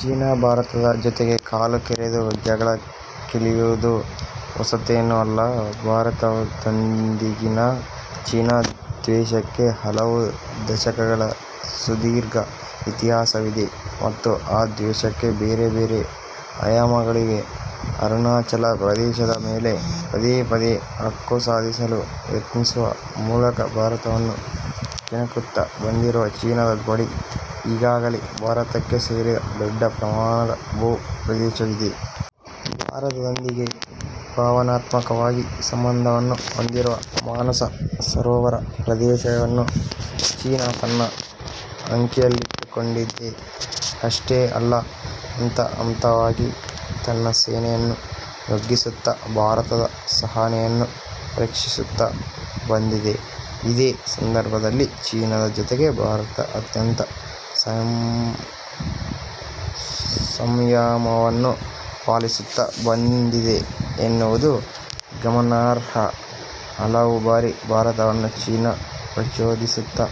China ಭಾರತದ ಜೊತೆಗೆ ಕಾಲು ಕೆರೆದು ಜಗಳಕ್ಕಿಳಿಯುವುದು ಹೊಸತೇನೂ ಅಲ್ಲ. ಭಾರತದೊಂದಿಗಿನ ಚೀನಾ ದ್ವೇಷಕ್ಕೆ ಹಲವು ದಶಕಗಳ ಸುದೀರ್ಘ ಇತಿಹಾಸವಿದೆ ಮತ್ತು ಆ ದ್ವೇಷಕ್ಕೆ ಬೇರೆ ಬೇರೆ ಆಯಾಮಗಳೂ ಇವೆ. ಅರುಣಾಚಲ ಪ್ರದೇಶದ ಮೇಲೆ ಪದೇ ಪದೇ ಹಕ್ಕು ಸಾಧಿಸಲು ಯತ್ನಿಸುವ ಮೂಲಕ ಭಾರತವನ್ನು ಕೆಣಕುತ್ತಾ ಬಂದಿರುವ ಚೀನಾದ ಬಳಿ, ಈಗಾಗಲೇ ಭಾರತಕ್ಕೆ ಸೇರಿದ ದೊಡ್ಡ ಪ್ರಮಾಣದ ಭೂ ಪ್ರದೇಶವಿದೆ. ಭಾರತದೊಂದಿಗೆ ಭಾವನಾತ್ಮಕವಾಗಿ ಸಂಬಂಧವನ್ನು ಹೊಂದಿರುವ ಮಾನಸ ಸರೋವರ ಪ್ರದೇಶವನ್ನೂ ಚೀನಾ ತನ್ನ ಅಂಕೆಯಲ್ಲಿಟ್ಟುಕೊಂಡಿದೆ. ಅಷ್ಟೇ ಅಲ್ಲ, ಹಂತ ಹಂತವಾಗಿ ತನ್ನ ಸೇನೆಯನ್ನು ನುಗ್ಗಿಸುತ್ತಾ ಭಾರತದ ಸಹನೆಯನ್ನು ಪರೀಕ್ಷಿಸುತ್ತಾ ಬಂದಿದೆ. ಇದೇ ಸಂದರ್ಭದಲ್ಲಿ, ಚೀನಾದ ಜೊತೆಗೆ ಭಾರತ ಅತ್ಯಂತ ಸಂಯಮವನ್ನು ಪಾಲಿಸುತ್ತಾ ಬಂದಿದೆ ಎನ್ನುವುದು ಗಮನಾರ್ಹ. ಹಲವು ಬಾರಿ ಭಾರತವನ್ನು ಚೀನಾ ಪ್ರಚೋದಿಸುತ್ತಾ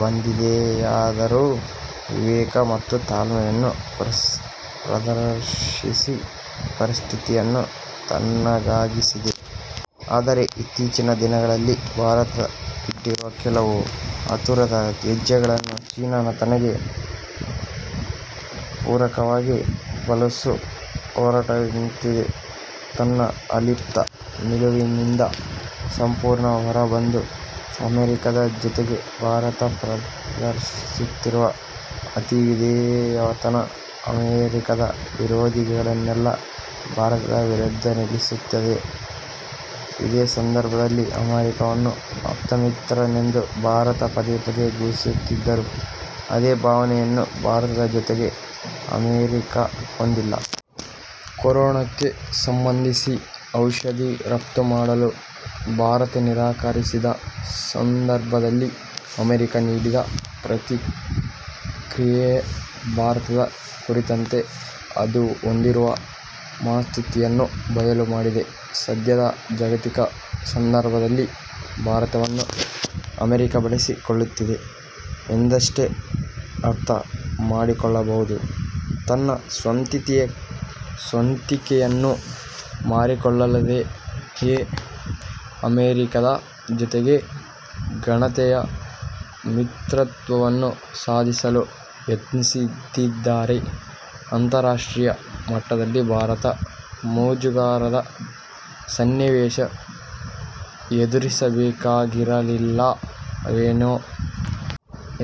ಬಂದಿದೆಯಾದರೂ, ವಿವೇಕ ಮತ್ತು ತಾಳ್ಮೆಯನ್ನು ಪ್ರದರ್ಶಿಸಿ ಪರಿಸ್ಥಿತಿಯನ್ನು ತಣ್ಣಗಾಗಿಸಿದೆ. ಆದರೆ ಇತ್ತೀಚಿನ ದಿನಗಳಲ್ಲಿ ಭಾರತ ಇಟ್ಟಿರುವ ಕೆಲವು ಆತುರದ ಹೆಜ್ಜೆಗಳನ್ನು ಚೀನಾ ತನಗೆ ಪೂರಕವಾಗಿ ಬಳಸಲು ಹೊರಟಂತಿದೆ. ತನ್ನ ಅಲಿಪ್ತ ನಿಲುವಿನಿಂದ ಸಂಪೂರ್ಣ ಹೊರ ಬಂದು ಅಮೆರಿಕದ ಜೊತೆಗೆ ಭಾರತ ಪ್ರದರ್ಶಿಸುತ್ತಿರುವ ಅತಿ ವಿಧೇಯತನ, ಅಮೆರಿಕದ ವಿರೋಧಿಗಳನ್ನೆಲ್ಲ ಭಾರತದ ವಿರುದ್ಧ ನಿಲ್ಲಿಸುತ್ತಿದೆ. ಇದೇ ಸಂದರ್ಭದಲ್ಲಿ ಅಮೆರಿಕವನ್ನು 'ಆಪ್ತಮಿತ್ರ'ನೆಂದು ಭಾರತ ಪದೇ ಪದೇ ಘೋಷಿಸುತ್ತಿದ್ದರೂ, ಅದೇ ಭಾವನೆಯನ್ನು ಭಾರತದ ಜೊತೆಗೆ ಅಮೆರಿಕ ಹೊಂದಿಲ್ಲ. ಕೊರೋನಕ್ಕೆ ಸಂಬಂಧಿಸಿ ಔಷಧಿ ರಫ್ತು ಮಾಡಲು ಭಾರತ ನಿರಾಕರಿಸಿದ ಸಂದರ್ಭದಲ್ಲಿ ಅಮೆರಿಕ ನೀಡಿದ ಪ್ರತಿಕ್ರಿಯೆಯೇ, ಭಾರತದ ಕುರಿತಂತೆ ಅದು ಹೊಂದಿರುವ ಮನಸ್ಥಿತಿಯನ್ನು ಬಯಲು ಮಾಡಿದೆ. ಸದ್ಯದ ಜಾಗತಿಕ ಸಂದರ್ಭದಲ್ಲಿ ಭಾರತವನ್ನು ಅಮೆರಿಕ 'ಬಳಸಿ ಕೊಳ್ಳುತ್ತಿದೆ' ಎಂದಷ್ಟೇ ಅರ್ಥ ಮಾಡಿಕೊಳ್ಳಬಹುದು. ತನ್ನ ಸ್ವಂತಿಕೆಯನ್ನು ಮಾರಿಕೊಳ್ಳದೆಯೇ ಅಮೆರಿಕದ ಜೊತೆಗೆ ಘನತೆಯ ಮಿತ್ರತ್ವವನ್ನು ಸಾಧಿಸಲು ಯತ್ನಿಸಿದ್ದಿದ್ದರೆ ಅಂತರ್ರಾಷ್ಟ್ರೀಯ ಮಟ್ಟದಲ್ಲಿ ಭಾರತ ಮುಜುಗರದ ಸನ್ನಿವೇಶ ಎದುರಿಸಬೇಕಾಗಿರಲಿಲ್ಲವೇನೋ.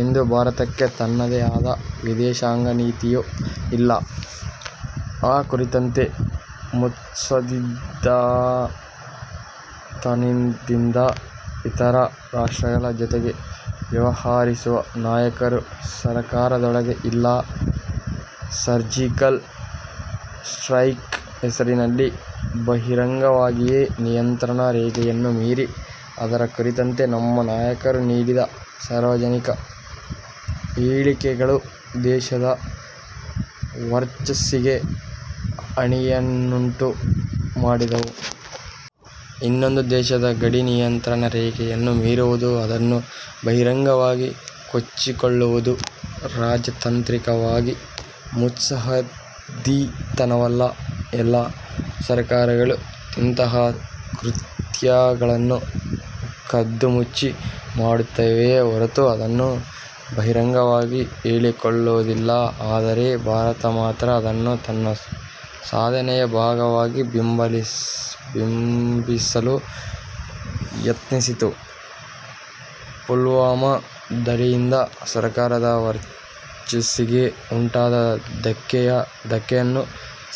ಇಂದು ಭಾರತಕ್ಕೆ ತನ್ನದೇ ಆದ ವಿದೇಶಾಂಗ ನೀತಿಯೂ ಇಲ್ಲ, ಆ ಕುರಿತಂತೆ ಮುತ್ಸದ್ದಿತನದಿಂದ ಇತರ ರಾಷ್ಟ್ರಗಳ ಜೊತೆಗೆ ವ್ಯವಹರಿಸುವ ನಾಯಕರೂ ಸರಕಾರದೊಳಗೆ ಇಲ್ಲ. ಸರ್ಜಿಕಲ್ ಸ್ಟ್ರೈಕ್ ಹೆಸರಿನಲ್ಲಿ ಬಹಿರಂಗವಾಗಿಯೇ ನಿಯಂತ್ರಣ ರೇಖೆಯನ್ನು ಮೀರಿ, ಅದರ ಕುರಿತಂತೆ ನಮ್ಮ ನಾಯಕರು ನೀಡಿದ ಸಾರ್ವಜನಿಕ ಹೇಳಿಕೆಗಳೂ ದೇಶದ ವರ್ಚಸ್ಸಿಗೆ ಹಾನಿಯನ್ನುಂಟು ಮಾಡಿದವು. ಇನ್ನೊಂದು ದೇಶದ ಗಡಿ ನಿಯಂತ್ರಣ ರೇಖೆಯನ್ನು ಮೀರುವುದು, ಅದನ್ನು ಬಹಿರಂಗವಾಗಿ ಕೊಚ್ಚಿಕೊಳ್ಳುವುದು ರಾಜತಾಂತ್ರಿಕವಾಗಿ ಮುತ್ಸದ್ದಿತನವಲ್ಲ. ಎಲ್ಲ ಸರಕಾರಗಳು ಇಂತಹ ಕೃತ್ಯಗಳನ್ನು ಕದ್ದು ಮುಚ್ಚಿ ಮಾಡುತ್ತವೆಯೇ ಹೊರತು, ಅದನ್ನು ಬಹಿರಂಗವಾಗಿ ಹೇಳಿಕೊಳ್ಳುವುದಿಲ್ಲ. ಆದರೆ ಭಾರತ ಮಾತ್ರ, ಅದನ್ನು ತನ್ನ ಸಾಧನೆಯ ಭಾಗವಾಗಿ ಬಿಂಬಿಸಲು ಯತ್ನಿಸಿತು. ಪುಲ್ವಾಮ ದಾಳಿಯಿಂದ ಸರಕಾರದ ವರ್ಚಸ್ಸಿಗೆ ಉಂಟಾದ ಧಕ್ಕೆಯನ್ನು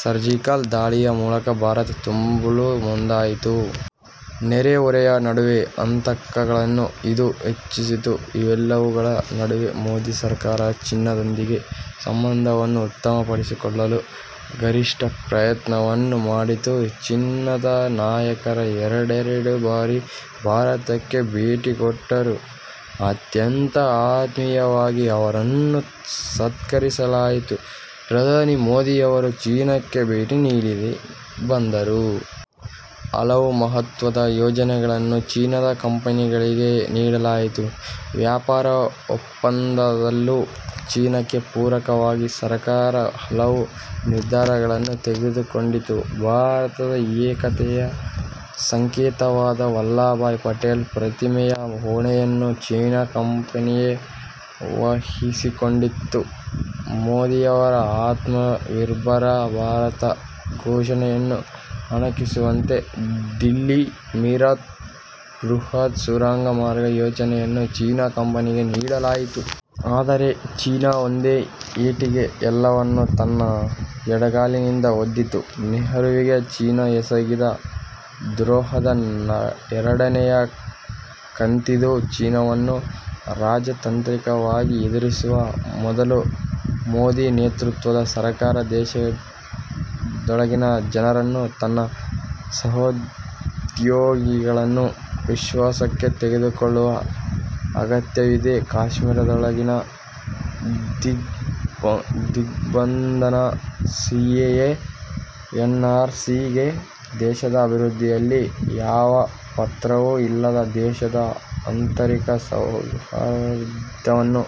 ಸರ್ಜಿಕಲ್ ದಾಳಿಯ ಮೂಲಕ ಭಾರತ ತುಂಬಲು ಮುಂದಾಯಿತು. ನೆರೆ ಹೊರೆಯ ನಡುವೆ ಆತಂಕಗಳನ್ನು ಇದು ಹೆಚ್ಚಿಸಿತು. ಇವೆಲ್ಲವುಗಳ ನಡುವೆ ಮೋದಿ ಸರಕಾರ, ಚೀನಾದೊಂದಿಗೆ ಸಂಬಂಧವನ್ನು ಉತ್ತಮಪಡಿಸಿಕೊಳ್ಳಲು ಗರಿಷ್ಠ ಪ್ರಯತ್ನವನ್ನು ಮಾಡಿತ್ತು. ಚೀನಾದ ನಾಯಕರು ಎರಡೆರಡು ಬಾರಿ ಭಾರತಕ್ಕೆ ಭೇಟಿ ಕೊಟ್ಟರು. ಅತ್ಯಂತ ಆತ್ಮೀಯವಾಗಿ ಅವರನ್ನು ಸತ್ಕರಿಸಲಾಯಿತು. ಪ್ರಧಾನಿ ಮೋದಿಯವರೂ ಚೀನಾಕ್ಕೆ ಭೇಟಿ ನೀಡಿ ಬಂದರು. ಹಲವು ಮಹತ್ವದ ಯೋಜನೆಗಳನ್ನು ಚೀನಾದ ಕಂಪೆನಿಗಳಿಗೆ ನೀಡಲಾಯಿತು. ವ್ಯಾಪಾರ ಒಪ್ಪಂದದಲ್ಲೂ ಚೀನಾಕ್ಕೆ ಪೂರಕವಾಗಿ ಸರಕಾರ ಹಲವು ನಿರ್ಧಾರಗಳನ್ನು ತೆಗೆದುಕೊಂಡಿತು. ಭಾರತದ ಏಕತೆಯ ಸಂಕೇತವಾದ 'ವಲ್ಲಭಬಾಯ್ ಪಟೇಲ್' ಪ್ರತಿಮೆಯ ಹೊಣೆಯನ್ನು ಚೀನಾ ಕಂಪೆನಿಯೇ ವಹಿಸಿಕೊಂಡಿತ್ತು. ಮೋದಿಯವರ 'ಆತ್ಮ ನಿರ್ಭರ ಭಾರತ' ಘೋಷಣೆಯನ್ನು ಅಣಕಿಸುವಂತೆ ದಿಲ್ಲಿ-ಮೀರತ್ ಬೃಹತ್ ಸುರಂಗ ಮಾರ್ಗ ಯೋಜನೆಯನ್ನು ಚೀನಾ ಕಂಪೆನಿಗೆ ನೀಡಲಾಯಿತು. ಆದರೆ ಚೀನಾ ಒಂದೇ ಏಟಿಗೆ ಎಲ್ಲವನ್ನೂ ತನ್ನ ಎಡಗಾಲಿನಿಂದ ಒದ್ದಿತು. ನೆಹರೂವಿಗೆ ಚೀನಾ ಎಸಗಿದ ದ್ರೋಹದ ಎರಡನೆಯ ಕಂತಿದು. ಚೀನಾವನ್ನು ರಾಜತಾಂತ್ರಿಕವಾಗಿ ಎದುರಿಸುವ ಮೊದಲು ಮೋದಿ ನೇತೃತ್ವದ ಸರಕಾರ, ದೇಶದೊಳಗಿನ ಜನರನ್ನು, ತನ್ನ ಸಹೋದ್ಯೋಗಿಗಳನ್ನು ವಿಶ್ವಾಸಕ್ಕೆ ತೆಗೆದುಕೊಳ್ಳುವ ಅಗತ್ಯವಿದೆ. ಕಾಶ್ಮೀರದೊಳಗಿನ ದಿಗ್ಬಂಧನ, C A A, N R C ಹೀಗೆ ದೇಶದ ಅಭಿವೃದ್ಧಿಯಲ್ಲಿ ಯಾವ ಪಾತ್ರವೂ ಇಲ್ಲದ, ದೇಶದ ಆಂತರಿಕ ಸೌಹಾರ್ದವನ್ನು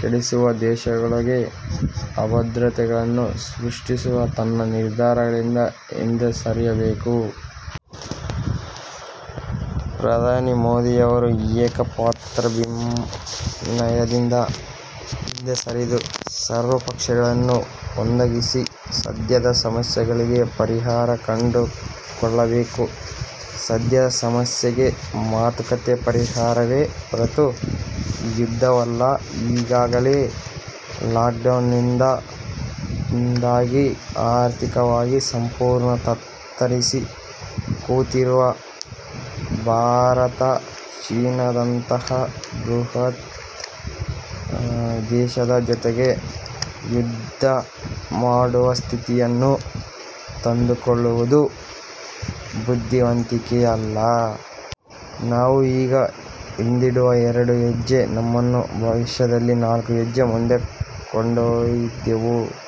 ಕೆಡಿಸುವ, ದೇಶದೊಳಗೆ ಅಭದ್ರತೆಗಳನ್ನು ಸೃಷ್ಟಿಸುವ ತನ್ನ ನಿರ್ಧಾರಗಳಿಂದ ಹಿಂದೆ ಸರಿಯಬೇಕು. ಪ್ರಧಾನಿ ಮೋದಿಯವರು ಏಕಪಾತ್ರಾಭಿನಯದಿಂದ ಹಿಂದೆ ಸರಿದು, ಸರ್ವಪಕ್ಷಗಳನ್ನು ಒಂದಾಗಿಸಿ ಸದ್ಯದ ಸಮಸ್ಯೆಗಳಿಗೆ ಪರಿಹಾರ ಕಂಡುಕೊಳ್ಳಬೇಕು. ಸದ್ಯದ ಸಮಸ್ಯೆಗೆ ಮಾತುಕತೆ ಪರಿಹಾರವೇ ಹೊರತು ಯುದ್ಧವಲ್ಲ. ಈಗಾಗಲೇ ಲಾಕ್ಡೌನ್ನಿಂದಾಗಿ ಆರ್ಥಿಕವಾಗಿ ಸಂಪೂರ್ಣ ತತ್ತರಿಸಿ ಕೂತಿರುವ ಭಾರತ, ಚೀನಾದಂತಹ ಬೃಹತ್ ದೇಶದ ಜೊತೆಗೆ ಯುದ್ಧ ಮಾಡುವ ಸ್ಥಿತಿಯನ್ನು ತಂದುಕೊಳ್ಳುವುದು ಬುದ್ಧಿವಂತಿಕೆಯಲ್ಲ. ನಾವು ಈಗ ಹಿಂದಿಡುವ ಎರಡು ಹೆಜ್ಜೆ, ನಮ್ಮನ್ನು ಭವಿಷ್ಯದಲ್ಲಿ ನಾಲ್ಕು ಹೆಜ್ಜೆ ಮುಂದೆ ಕೊಂಡೊಯ್ದೆವು.